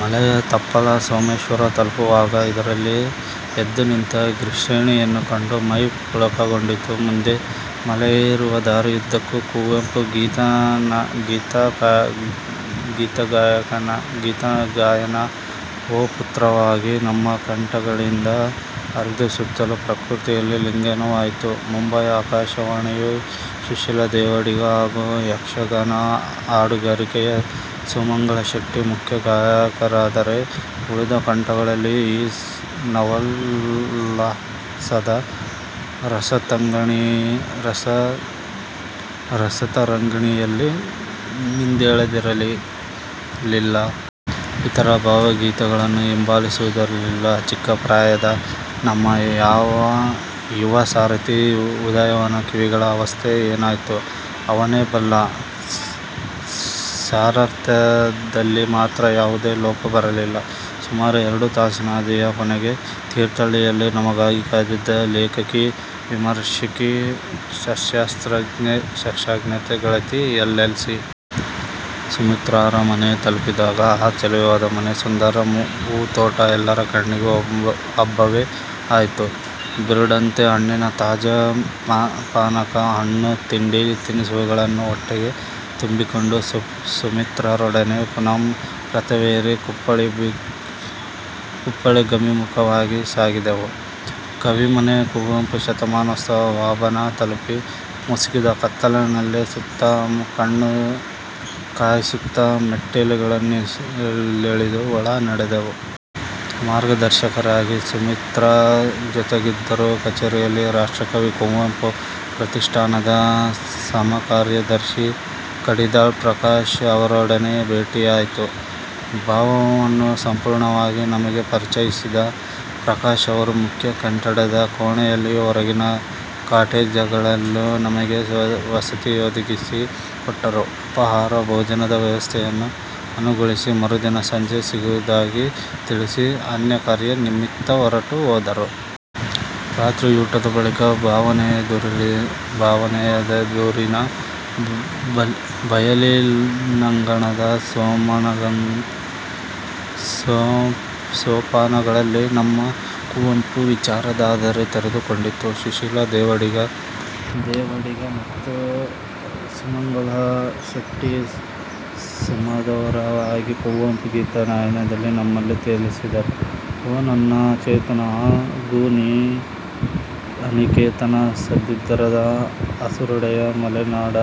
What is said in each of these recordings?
ಮಲೆಯ ತಪ್ಪಲ ಸೋಮೇಶ್ವರ ತಲುಪುವಾಗ ಇದಿರಲ್ಲೇ ಎದ್ದು ನಿಂತ ಗಿರಿಶ್ರೇಣಿಯನ್ನು ಕಂಡು ಮೈ ಪುಳಕಗೊಂಡಿತು. ಮುಂದೆ ಮಲೆಯೇರುವ ದಾರಿಯುದ್ದಕ್ಕೂ ಕುವೆಂಪು ಗೀತಗಾಯನ ಓತಪ್ರೋತವಾಗಿ ನಮ್ಮ ಕಂಠಗಳಿಂದ ಹರಿದು ಸುತ್ತಣ ಪ್ರಕೃತಿಯಲ್ಲಿ ಲೀನವಾಯ್ತು. ಮುಂಬೈ ಆಕಾಶವಾಣಿಯ ಸುಶೀಲಾ ದೇವಾಡಿಗ ಹಾಗೂ ಯಕ್ಷಗಾನ ಹಾಡುಗಾರಿಕೆಯ ಸುಮಂಗಲಾ ಶೆಟ್ಟಿ ಮುಖ್ಯ ಗಾಯಕರಾದರೆ, ಉಳಿದ ಕಂಠಗಳೂ ಈ ನವೋಲ್ಲಾಸದ ರಸತರಂಗಿಣಿಯಲ್ಲಿ ಮಿಂದೇಳದಿರಲಿಲ್ಲ. ಇತರ ಭಾವಗೀತೆಗಳೂ ಹಿಂಬಾಲಿಸದಿರಲಿಲ್ಲ. ಚಿಕ್ಕ ಪ್ರಾಯದ ನಮ್ಮ ಯುವ ಸಾರಥಿ ಉದಯನ ಕಿವಿಗಳ ಅವಸ್ಥೆ ಏನಾಯ್ತೋ ಅವನೇ ಬಲ್ಲ. ಸಾರಥ್ಯದಲ್ಲಿ ಮಾತ್ರ ಯಾವುದೇ ಲೋಪ ಬರಲಿಲ್ಲ. ಸುಮಾರು ಎರಡು ತಾಸಿನ ಹಾದಿಯ ಕೊನೆಗೆ, ತೀರ್ಥಹಳ್ಳಿಯಲ್ಲಿ ನಮಗಾಗಿ ಕಾದಿದ್ದ ಲೇಖಕಿ, ವಿಮರ್ಶಕಿ, ಸಸ್ಯಶಾಸ್ತ್ರಜ್ಞೆ ಗೆಳತಿ ಎಲ್. ಸಿ. ಸುಮಿತ್ರಾರ ಮನೆ ತಲುಪಿದಾಗ, ಆ ಚೆಲುವಾದ ಮನೆ, ಸುಂದರ ಹೂತೋಟ ಎಲ್ಲರ ಕಣ್ಣಿಗೂ ಹಬ್ಬವೇ ಆಯ್ತು. ಬೀರುಂಡೆ ಹಣ್ಣಿನ ತಾಜಾ ಪಾನಕ, ಹಣ್ಣು ತಿಂಡಿ, ತಿನಿಸುಗಳನ್ನು ಹೊಟ್ಟೆಗೆ ತುಂಬಿಕೊಂಡು ಸುಮಿತ್ರಾರೊಡನೆ ಪುನಃ ರಥವೇರಿ ಕುಪ್ಪಳಿಗಭಿಮುಖವಾಗಿ ಸಾಗಿದೆವು. ಕವಿಮನೆ ಕುವೆಂಪು ಶತಮಾನೋತ್ಸವ ಭವನ, ತಲುಪಿ, ಮುಸುಕಿದ ಕತ್ತಲಲ್ಲೇ ಸುತ್ತ ಕಣ್ಣು ಹಾಯಿಸುತ್ತಾ ಮೆಟ್ಟಲುಗಳನ್ನಿಳಿದು ಒಳ ನಡೆದೆವು. ಮಾರ್ಗದರ್ಶಕರಾಗಿ ಸುಮಿತ್ರಾ ಜೊತೆಗಿದ್ದರು. ಕಛೇರಿಯಲ್ಲಿ ರಾಷ್ಟ್ರಕವಿ ಕುವೆಂಪು ಪ್ರತಿಷ್ಠಾನದ ಸಮಕಾರ್ಯದರ್ಶಿ ಕಡಿದಾಳ್ ಪ್ರಕಾಶ್ ಅವರೊಡನೆ ಭೇಟಿಯಾಯ್ತು. ಭವನವನ್ನು ಸಂಪೂರ್ಣವಾಗಿ ನಮಗೆ ಪರಿಚಯಿಸಿದ ಪ್ರಕಾಶ್ ಅವರು ಮುಖ್ಯ ಕಟ್ಟಡದ ಕೋಣೆಗಳಲ್ಲೂ ಹೊರಗಿನ ಕಾಟೇಜ್ಗಳಲ್ಲೂ ನಮಗೆ ವಸತಿಯೊದಗಿಸಿ ಕೊಟ್ಟರು. ಉಪಾಹಾರ ಭೋಜನದ ವ್ಯವಸ್ಥೆಯನ್ನೂ ಅನುಗೊಳಿಸಿ ಮರುದಿನ ಸಂಜೆ ಸಿಗುವುದಾಗಿ ತಿಳಿಸಿ ಅನ್ಯಕಾರ್ಯ ನಿಮಿತ್ತ ಹೊರಟು ಹೋದರು. ರಾತ್ರಿಯೂಟದ ಬಳಿಕ ಭವನದೆದುರಿನ ಬಯಲಿನಂಗಣದ ಸೋಪಾನಗಳಲ್ಲಿ ನಮ್ಮ ಕುವೆಂಪು ವಿಚಾರಧಾರೆ ತೆರೆದು ಕೊಂಡಿತು. ಸುಶೀಲಾ ದೇವಾಡಿಗ ಮತ್ತು ಸುಮಂಗಲಾ ಶೆಟ್ಟಿ, ಸುಮಧುರವಾಗಿ ಕುವೆಂಪು ಗೀತ ಗಾಯನದಲ್ಲಿ ನಮ್ಮನ್ನು ತೇಲಿಸಿದರು. ಓ ನನ್ನ ಚೇತನ, ಆಗು ನೀ ಅನಿಕೇತನ, ಸದ್ದಿರದ ಹಸುರುಡೆಯ ಮಲೆನಾಡ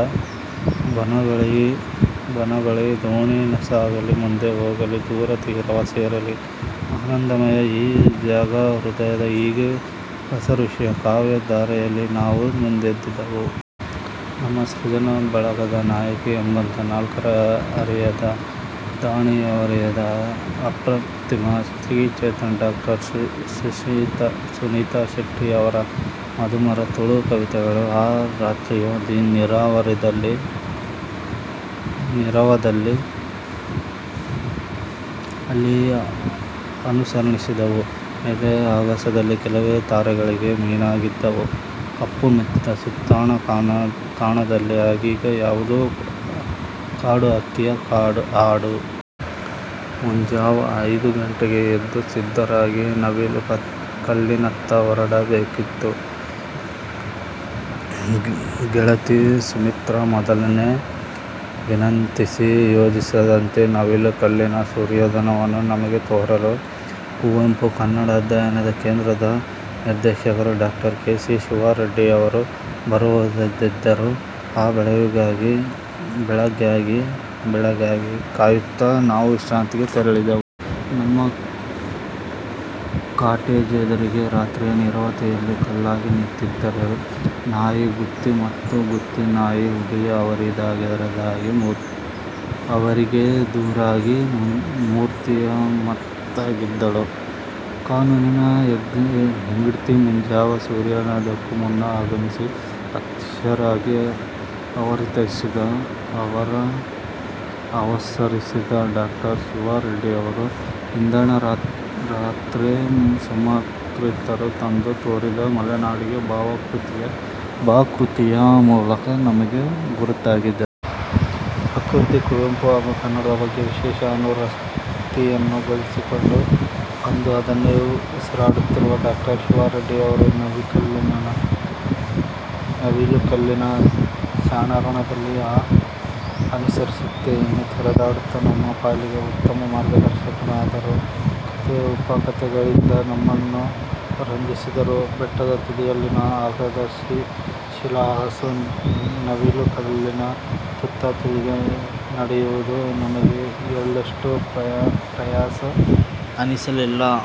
ಬನಗಳಲಿ, ದೋಣಿ ಸಾಗಲಿ ಮುಂದೆ ಹೋಗಲಿ ದೂರ ತೀರವ ಸೇರಲಿ, ಆನಂದಮಯ ಈ ಜಗಹೃದಯ ಹೀಗೆ ರಸಋಷಿಯ ಕಾವ್ಯಧಾರೆಯಲ್ಲಿ ನಾವು ಮಿಂದೆದ್ದೆವು. ನಮ್ಮ ಸೃಜನಾ ಬಳಗದ ನಾಯಕಿ, ಎಂಬತ್ತ ನಾಲ್ಕರ ಹರೆಯದ ದಣಿವರಿಯದ ಅಪ್ರತಿಮ ಸ್ತ್ರೀ ಚೇತನ ಡಾಕ್ಟರ್ ಸುನೀತಾ ಶೆಟ್ಟಿ ಅವರ ಸುಮಧುರ ತುಳು ಕವಿತೆಗಳೂ ಆ ರಾತ್ರಿಯ ನೀರವದಲ್ಲಿ ಅಲ್ಲಿ ಅನುರಣಿಸಿದುವು. ಮೇಲೆ ಆಗಸದಲ್ಲಿ ಕೆಲವೇ ತಾರಗೆಗಳು ಮಿನುಗಿದ್ದುವು. ಕಪ್ಪು ಮೆತ್ತಿದ ಸುತ್ತಣ ಕಾನನದಲ್ಲಿ ಆಗೀಗ ಯಾವುದೋ ಕಾಡುಹಕ್ಕಿಯ ಹಾಡು. ಮುಂಜಾವ ಐದು ಗಂಟೆಗೇ ಎದ್ದು ಸಿದ್ಧರಾಗಿ ನವಿಲು ಕಲ್ಲಿನತ್ತ ಹೊರಡಬೇಕಿತ್ತು. ಗೆಳತಿ ಸುಮಿತ್ರಾ, ಮೊದಲೇ ವಿನಂತಿಸಿ ಯೋಜಿಸಿದಂತೆ. ನವಿಲು ಕಲ್ಲಿನ ಸೂರ್ಯೋದಯವನ್ನು ನಮಗೆ ತೋರಲು, ಕುವೆಂಪು ಕನ್ನಡ ಅಧ್ಯಯನ ಕೇಂದ್ರದ ನಿರ್ದೇಶಕ doctor K. C. Shiva Reddy ಅವರು ಬರುವವರಿದ್ದರು. ಆ ಬೆಳಗಿಗಾಗಿ ಕಾಯುತ್ತಾ ನಾವು ವಿಶ್ರಾಂತಿಗೆ ತೆರಳಿದೆವು. ನಮ್ಮ ಕಾಟೇಜ್ ಎದುರಿಗೇ ರಾತ್ರಿಯ ನೀರವತೆಯಲ್ಲಿ ಕಲ್ಲಾಗಿ ನಿಂತಿದ್ದರು, ನಾಯಿ ಗುತ್ತಿ ಮತ್ತು ಗುತ್ತಿ ನಾಯಿ ಹುಲಿಯ. ಅವರಿಗೆದುರಾಗಿ ಮೂರ್ತಿಮತ್ತಾಗಿದ್ದಳು, ಕಾನೂರಿನ ಹೆಗ್ಗಡ್ತಿ. ಮುಂಜಾವ ಸೂರ್ಯೋದಯಕ್ಕೂ ಮುನ್ನ ಆಗಮಿಸಿ ಪ್ರತ್ಯಕ್ಷರಾಗಿ ಅವಸರಿಸಿದ ಡಾಕ್ಟರ್ ಶಿವಾರೆಡ್ಡಿ ಅವರು, ಹಿಂದಣ ರಾತ್ರೆ ಸುಮಿತ್ರಾರು ತಂದು ತೋರಿದ ಮಲೆನಾಡಿಗೆ ಬಾ ಕೃತಿಯ ಮೂಲಕ ನಮಗೆ ಗುರುತಾಗಿದ್ದರು. ಪ್ರಕೃತಿ, ಕುವೆಂಪು ಹಾಗೂ ಕನ್ನಡದ ಬಗ್ಗೆ ವಿಶೇಷ ಅನುರಕ್ತಿಯನ್ನು ಬೆಳೆಸಿಕೊಂಡು ಬಂದು ಅದನ್ನೇ ಉಸಿರಾಡುತ್ತಿರುವ ಡಾಕ್ಟರ್ ಶಿವಾ ರೆಡ್ಡಿ ಅವರು ನವಿಲುಕಲ್ಲಿನ ಚಾರಣದಲ್ಲಿ ಆ ಅನುರಕ್ತಿಯನ್ನೇ ತೆರೆದಿಡುತ್ತಾ ನಮ್ಮ ಪಾಲಿಗೆ ಉತ್ತಮ ಮಾರ್ಗದರ್ಶಕರಾದರು. ಕಥೆ, ಉಪಕಥೆಗಳಿಂದ ನಮ್ಮನ್ನು ರಂಜಿಸಿದರು. ಬೆಟ್ಟದ ತುದಿಯಲ್ಲಿನ ಅಗಾಧ ಶಿಲಾಹಾಸು ನವಿಲುಕಲ್ಲಿನ ತುತ್ತ ತುದಿಗೆ ನಡೆಯುವುದು ನಮಗೆ ಎಳ್ಳಷ್ಟೂ ಪ್ರಯಾಸ ಅನಿಸಲಿಲ್ಲ.